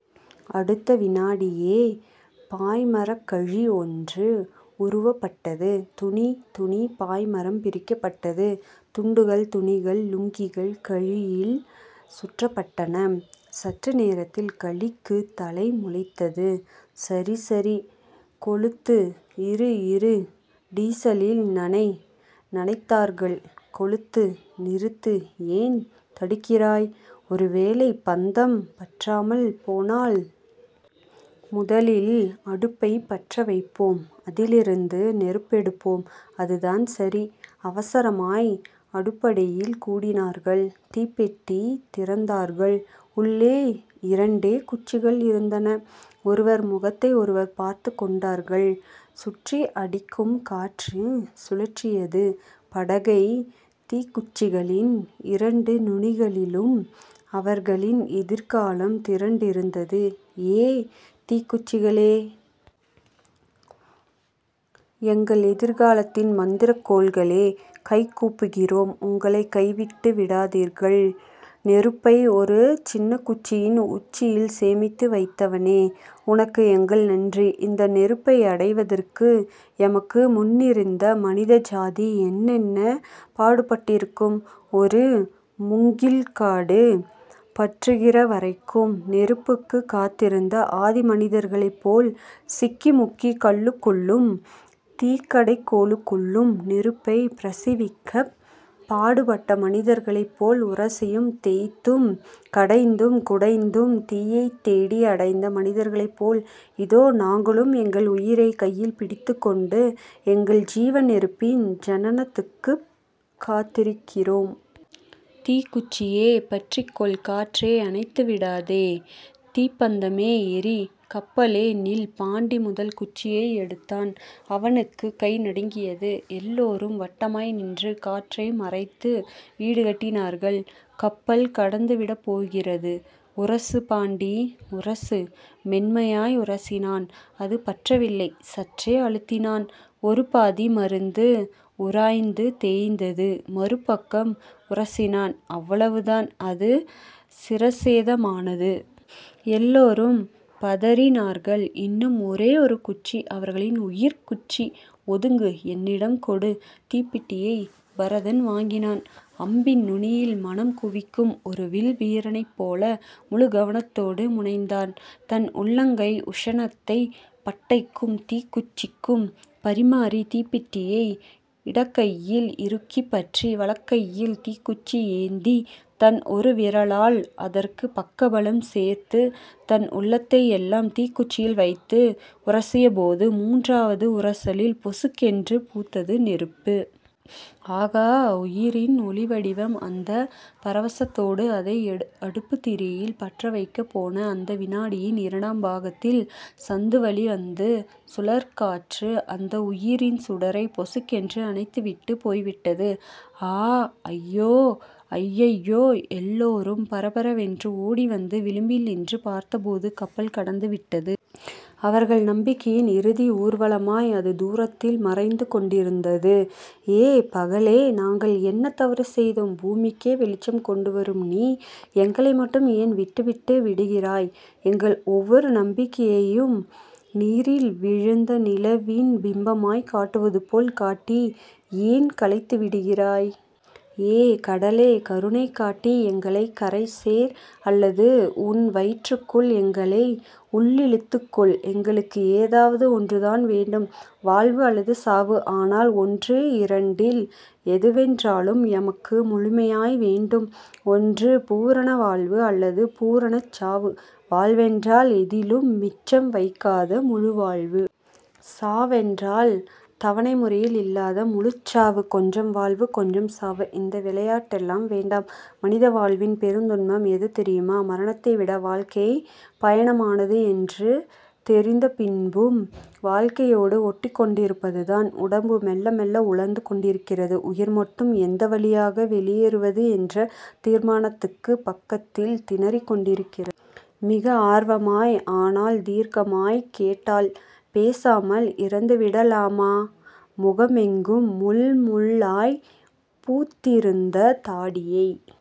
அடுத்த விநாடியே பாய்மரக்கழி ஒன்று உருவப்பட்டது. துணி. துணி. பாய்மரம் பிரிக்கப்பட்டது. துண்டுகள் துணிகள் லுங்கிகள் கழியில் சுற்றப்பட்டன. சற்று நேரத்தில் கழிக்குத் தலை முளைத்தது. சரி... சரி. கொளுத்து. இரு... இரு. டீசலில் நனை. நனைத்தார்கள். கொளுத்து. நிறுத்து. ஏன் தடுக்கிறாய்? ஒருவேளை பந்தம் பற்றாமல் போனால்..? முதலில் அடுப்பைப் பற்றவைப்போம். அதிலிருந்து நெருப்பெடுப்போம். அதுதான் சரி. அவசரமாய் அடுப்படியில் கூடினார்கள். தீப்பெட்டி திறந்தார்கள். உள்ளே இரண்டே குச்சிகள் இருந்தன. ஒருவர் முகத்தை ஒருவர் பார்த்துக் கொண்டார்கள். சுற்றி அடிக்கும் காற்று சுழற்றியது படகை. தீக்குச்சிகளின் இரண்டு நுனிகளிலும் அவர்களின் எதிர்காலம் திரண்டிருந்தது ஏ தீக்குச்சிகளே. எங்கள் எதிர்காலத்தின் மந்திரக்கோல்களே. கைகூப்புகிறோம் உங்களை, கைவிட்டு விடாதீர்கள். நெருப்பை ஒரு சின்னக்குச்சியின் உச்சியில் சேமித்து வைத்தவனே. உனக்கு எங்கள் நன்றி. இந்த நெருப்பை அடைவதற்கு எமக்கு முன்னிருந்த மனிதஜாதி என்னென்ன பாடுபட்டிருக்கும்? ஒரு முங்கில்காடு பற்றுகிறவரைக்கும் நெருப்புக்குக் காத்திருந்த ஆதிமனிதர்களைப் போல் சிக்கிமுக்கிக் கல்லுக்குள்ளும் தீக்கடைகோலுக்குள்ளும் நெருப்பைப் பிரசிவிக்கப் பாடுபட்ட மனிதர்களைப் போல் உரசியும் தேய்த்தும் கடைந்தும் குடைந்தும் தீயைத்தேடி அடைந்த மனிதர்களைப்போல் இதோ நாங்களும் எங்கள் உயிரைக் கையில் பிடித்துக் கொண்டு, எங்கள் ஜீவநெருப்பின் ஜனனத்துக்குக் காத்திருக்கிறோம். தீக்குச்சியே பற்றிக்கொள். காற்றே அணைத்துவிடாதே. தீப்பந்தமே எரி. கப்பலே நில். பாண்டி முதல் குச்சியை எடுத்தான், அவனுக்குக் கை நடுங்கியது. எல்லோரும் வட்டமாய் நின்று காற்றை மறைத்து வீடு கட்டினார்கள். கப்பல் கடந்துவிடப்போகிறது.. உரசு பாண்டி. உரசு. மென்மையாய் உரசினான். அது பற்றவில்லை. சற்றே அழுத்தினான், ஒரு பாதி மருந்து உராய்ந்து தேய்ந்தது, மறுபக்கம் உரசினான், அவ்வளவுதான், அது சிரச்சேதமானது. எல்லோரும் பதறினார்கள். இன்னும் ஒரே ஒரு குச்சி.. அவர்களின் உயிர்க்குச்சி. ஒதுங்கு. என்னிடம் கொடு தீப்பெட்டியைப் பரதன் வாங்கினான். அம்பின் நுனியில் மனம் குவிக்கும் ஒரு வில்வீரனைப்போல முழு கவனத்தோடு முனைந்தான். தன் உள்ளங்கை உஷணத்தைப் பட்டைக்கும் தீக்குச்சிக்கும் பரிமாறித் தீப்பெட்டியை இடக்கையில் இறுக்கிப் பற்றி, வலக்கையில் தீக்குச்சி ஏந்தித் தன் ஒரு விரலால் அதற்குப் பக்கபலம் சேர்த்துத் தன் உள்ளத்தையெல்லாம் தீக்குச்சியில் வைத்து உரசியபோது முன்றாவது உரசலில் பொசுக்கென்று பூத்தது நெருப்பு. ஆகா. உயிரின் ஒளிவடிவம். அந்தப் பரவசத்தோடு அதை அடுப்புத் திரியில் பற்றவைக்கப் போன அந்த விநாடியின் இரண்டாம் பாகத்தில், சந்துவழி வந்த சுழற்காற்று அந்த உயிரின் சுடரைப் பொசுக்கென்று அணைத்துவிட்டுப் போய்விட்டது. ஆ. அய்யோ. அய்யய்யோ. எல்லோரும் பரபரவென்று ஒடிவந்து விளிம்பில் நின்று பார்த்தபோது கப்பல் கடந்துவிட்டது. அவர்கள் நம்பிக்கையின் இறுதி ஊர்வலமாய் அது தூரத்தில் மறைந்துகொண்டிருந்தது. ஏ பகலே. நாங்கள் என்ன தவறு செய்தோம்? பூமிக்கே வெளிச்சம் கொண்டுவரும் நீ, எங்களை மட்டும் ஏன் விட்டுவிட்டு விடிகிறாய்? எங்கள் ஒவ்வொரு நம்பிக்கையையும் நீரில் விழுந்த நிலவின் பிம்பமாய்க் காட்டுவதுபோல் காட்டி ஏன் கலைத்துவிடுகிறாய்? ஏ கடலே. கருணை காட்டி எங்களைக் கரைசேர்... அல்லது உன் வயிற்றுக்குள் எங்களை உள்ளிழுத்துக்கொள். எங்களுக்கு ஏதாவது ஒன்றுதான் வேண்டும் வாழ்வு அல்லது சாவு. ஆனால் ஒன்று இரண்டில் எதுவென்றாலும், எமக்கு முழுமையாய் வேண்டும். ஒன்று பூரண வாழ்வு அல்லது பூரணச் சாவு. வாழ்வென்றால் எதிலும் மிச்சம் வைக்காத முழுவாழ்வு. சாவென்றால் தவணை முறையில் இல்லாத முழுச்சாவு. கொஞ்சம் வாழ்வு கொஞ்சம் சாவு... இந்த விளையாட்டெல்லாம் வேண்டாம். மனித வாழ்வின் பெருந்துன்பம் எது தெரியுமா? மரணத்தைவிட வாழ்க்கை பயமானது என்று தெரிந்த பின்பும், வாழ்க்கையோடு ஒட்டிக்கொண்டிருப்பதுதான். உடம்பு மெல்ல மெல்ல உலர்ந்து கொண்டிருக்கிறது. உயிர் மட்டும் எந்த வழியாக வெளியேறுவது என்ற தீர்மானத்துக்குப் பக்கத்தில் திணறிக் கொண்டிருக்கிறது. மிக ஆர்வமாய் ஆனால், தீர்க்கமாய்க் கேட்டாள் பேசாமல் இறந்துவிடலாமா? முகமெங்கும் முள்முள்ளாய்ப் பூத்திருந்த தாடியைத்